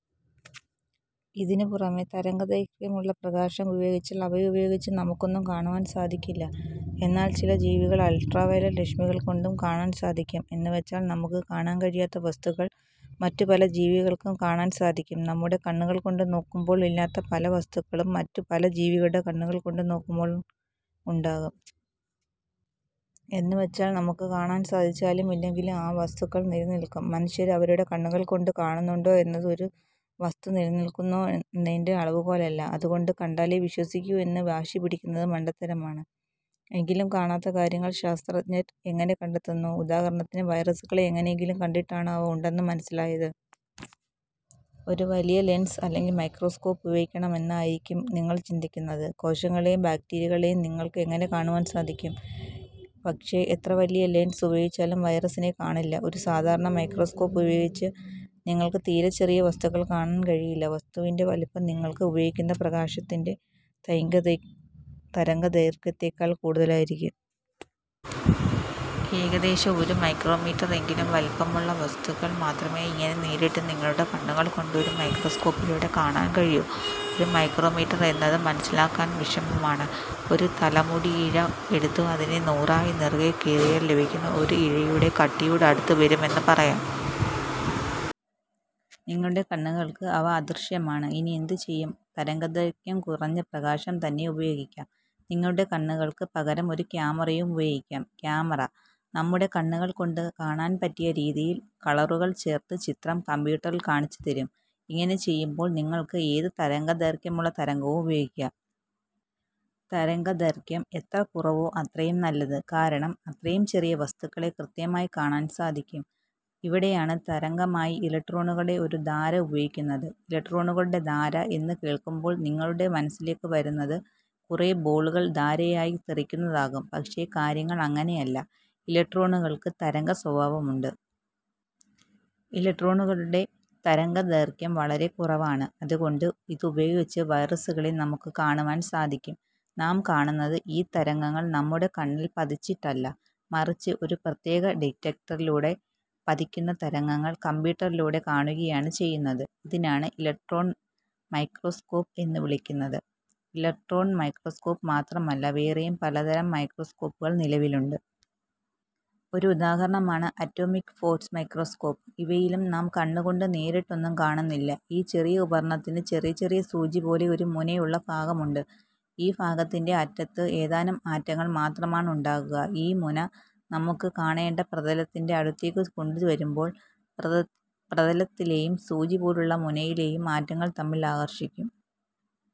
ഇതിനു പുറമെ തരംഗദൈര്ഘ്യമുള്ള പ്രകാശം ഉപയോഗിച്ചാല് അവ ഉപയോഗിച്ച് നമുക്കൊന്നും കാണുവാന് സാധിക്കില്ല. എന്നാല് ചില ജീവികള്ക്ക് അള്ട്രാവയലറ്റ് രശ്മികള്കൊണ്ടും കാണാന് സാധിക്കും. എന്നുവച്ചാല് നമുക്ക് കാണാന് കഴിയാത്ത വസ്തുക്കള് മറ്റു പല ജീവികള്ക്കും കാണാന് സാധിക്കും. നമ്മുടെ കണ്ണുകള്കൊണ്ട് നോക്കുമ്പോള് ഇല്ലാത്ത പല വസ്തുക്കളും മറ്റു പല ജീവികളുടെ കണ്ണുകള്കൊണ്ട് നോക്കുമ്പോള് ഉണ്ടാകും. എന്നുവച്ചാല് നമുക്ക് കാണാന് സാധിച്ചാലും ഇല്ലെങ്കിലും ആ വസ്തുക്കള് നിലനില്ക്കും. മനുഷ്യര് അവരുടെ കണ്ണുകള്കൊണ്ട് കാണുന്നുണ്ടോ എന്നത് ഒരു വസ്തു നിലനില്ക്കുന്നുണ്ടോ എന്നതിന്റെ അളവുകോലല്ല. അതുകൊണ്ട് കണ്ടാലേ വിശ്വസിക്കൂ എന്ന് വാശിപിടിക്കുന്നത് മണ്ടത്തരമാണ്. എങ്കിലും കാണാത്ത കാര്യങ്ങള് ശാസ്ത്രഞ്ജര് എങ്ങനെ കണ്ടെത്തുന്നു. ഉദാഹരണത്തിന് വൈറസുകളെ എങ്ങനെയെങ്കിലും കണ്ടിട്ടാണോ അവ ഉണ്ടെന്നു മനസിലായത്. ഒരു വലിയ ലെന്സ് അല്ലെങ്കില് മൈക്രോസ്കോപ്പ് ഉപയോഗിക്കണം എന്നായിരിക്കും നിങ്ങള് ചിന്തിക്കുന്നത്. കോശങ്ങളെയും ബാക്റ്റീരിയകളെയും നിങ്ങള്ക്ക് ഇങ്ങനെ കാണുവാന് സാധിക്കും. പക്ഷേ എത്ര വലിയ ലെന്സ് ഉപയോഗിച്ചാലും വൈറസിനെ കാണില്ല. ഒരു സാധാരണ മൈക്രോസ്കോപ്പ് ഉപയോഗിച്ച് നിങ്ങള്ക്ക് തീരെ ചെറിയ വസ്തുക്കള് കാണാന് കഴിയില്ല. വസ്തുവിന്റെ വലിപ്പം നിങ്ങളക്ക്‌ ഉപയോഗിക്കുന്ന പ്രകാശത്തിന്റെ തയ്ൻക തരംഗദൈര്ഘ്യത്തേക്കാള് കൂടുതല് ആയിരിക്കണം. ഏകദേശം ഒരു മൈക്രോമീറ്റര് എങ്കിലും വലിപ്പമുള്ള വസ്തുക്കള് മാത്രമേ ഇങ്ങനെ നേരിട്ട് നിങ്ങളുടെ കണ്ണുകള് കൊണ്ട് ഒരു മൈക്രോസ്കോപ്പിലൂടെ കാണാന് കഴിയൂ. ഒരു മൈക്രോമീറ്റര് എന്നത് മനസിലാക്കാന് വിഷമമാണ്. ഒരു തലമുടി ഇഴ എടുത്തു അ തിനെ നൂറായി നെടുകെ കീറിയാല് ലഭിക്കുന്ന ഒരു ഇഴയുടെ കട്ടിയോട് അടുത്തുവരും എന്ന് പറയാം. നിങ്ങളുടെ കണ്ണുകള്ക്ക് അവ അദൃശ്യമാണ്. ഇനിയെന്തു ചെയ്യും. തരംഗദൈര്ഘ്യം കുറഞ്ഞ പ്രകാശം തന്നെ ഉപയോഗിക്കാം. നിങ്ങളുടെ കണ്ണുകള്ക്ക് പകരം ഒരു ക്യാമറയും ഉപയോഗിക്കാം. ക്യാമറ, നമ്മുടെ കണ്ണുകള് കൊണ്ട് കാണാന് പറ്റിയ രീതിയില് കളറുകള് ചേര്ത്ത് ചിത്രം കമ്പ്യൂട്ടറില് കാണിച്ചുതരും. ഇങ്ങനെ ചെയ്യുമ്പോള് നിങ്ങള്ക്ക് ഏത് തരംഗ ദൈര്ഘ്യമുള്ള തരംഗവും ഉപയോഗിക്കാം. തരംഗദൈര്ഘ്യം എത്ര കുറവോ അത്രയും നല്ലത്. കാരണം അത്രയും ചെറിയ വസ്തുക്കളെ കൃത്യമായി കാണാന് സാധിക്കും. ഇവിടെയാണ് തരംഗമായി ഇലക്ട്രോണുകളുടെ ഒരു ധാര ഉപയോഗിക്കുന്നത്. ഇലക്ട്രോണുകളുടെ ധാര എന്നുകേള്ക്കുമ്പോള് നിങ്ങളുടെ മനസിലേക്ക് വരുന്നത് കുറെ ബോളുകള് ധാരയായി തെറിക്കുന്നതാകും. പക്ഷെ കാര്യങ്ങള് അങ്ങനെയല്ല. ഇലക്ട്രോണുകള്ക്ക് തരംഗ സ്വഭാവമുണ്ട്. ഇലക്ട്രോണുകളുടെ തരംഗദൈര്ഘ്യം വളരെ കുറവാണ്. അതുകൊണ്ട് ഇതുപയോഗിച്ച് വൈറസുകളെ നമുക്ക് കാണുവാന് സാധിക്കും. നാം കാണുന്നത് ഈ തരംഗങ്ങള് നമ്മുടെ കണ്ണില് പതിച്ചിട്ടല്ല. മറിച്ചു ഒരു പ്രത്യേക ഡിറ്റക്ടറില് പതിക്കുന്ന തരംഗങ്ങള് കമ്പ്യൂട്ടറിലൂടെ കാണുകയാണ് ചെയ്യുന്നത്. ഇതിനാണ് ഇലക്ട്രോണ് മൈക്രോസ്കോപ് എന്നുവിളിക്കുന്നത്. ഇലക്ട്രോണ് മൈക്രോസ്കോപ്പ് മാത്രമല്ല വേറെയും പലതരം മൈക്രൊസ്കൊപ്പുകള് നിലവിലുണ്ട്. ഒരു ഉദാഹരണമാണ് അറ്റോമിക് ഫോര്സ് മൈക്രോസ്കോപ്പ്. ഇവയിലും നാം കണ്ണുകൊണ്ട് നേരിട്ട് ഒന്നും കാണുന്നില്ല. ഈ ഉപകരണത്തിന് ചെറിയ ചെറിയ സൂചിപോലെ ഒരു മുനയുള്ള ഭാഗമുണ്ട്. ഈ ഭാഗത്തിന്റെ അറ്റത്തു ഏതാനും ആറ്റങ്ങള് മാത്രമാണ് ഉണ്ടാകുക. ഈ മുന നമുക്ക് 'കാണേണ്ട' പ്രതലത്തിന്റെ അടുത്തേക്ക് കൊണ്ടുവരുമ്പോള് പ്രതലത്തിലെയും, സൂചി പോലെയുള്ള മുനയിലെയും ആറ്റങ്ങള് തമ്മില് ആകര്ഷിക്കും.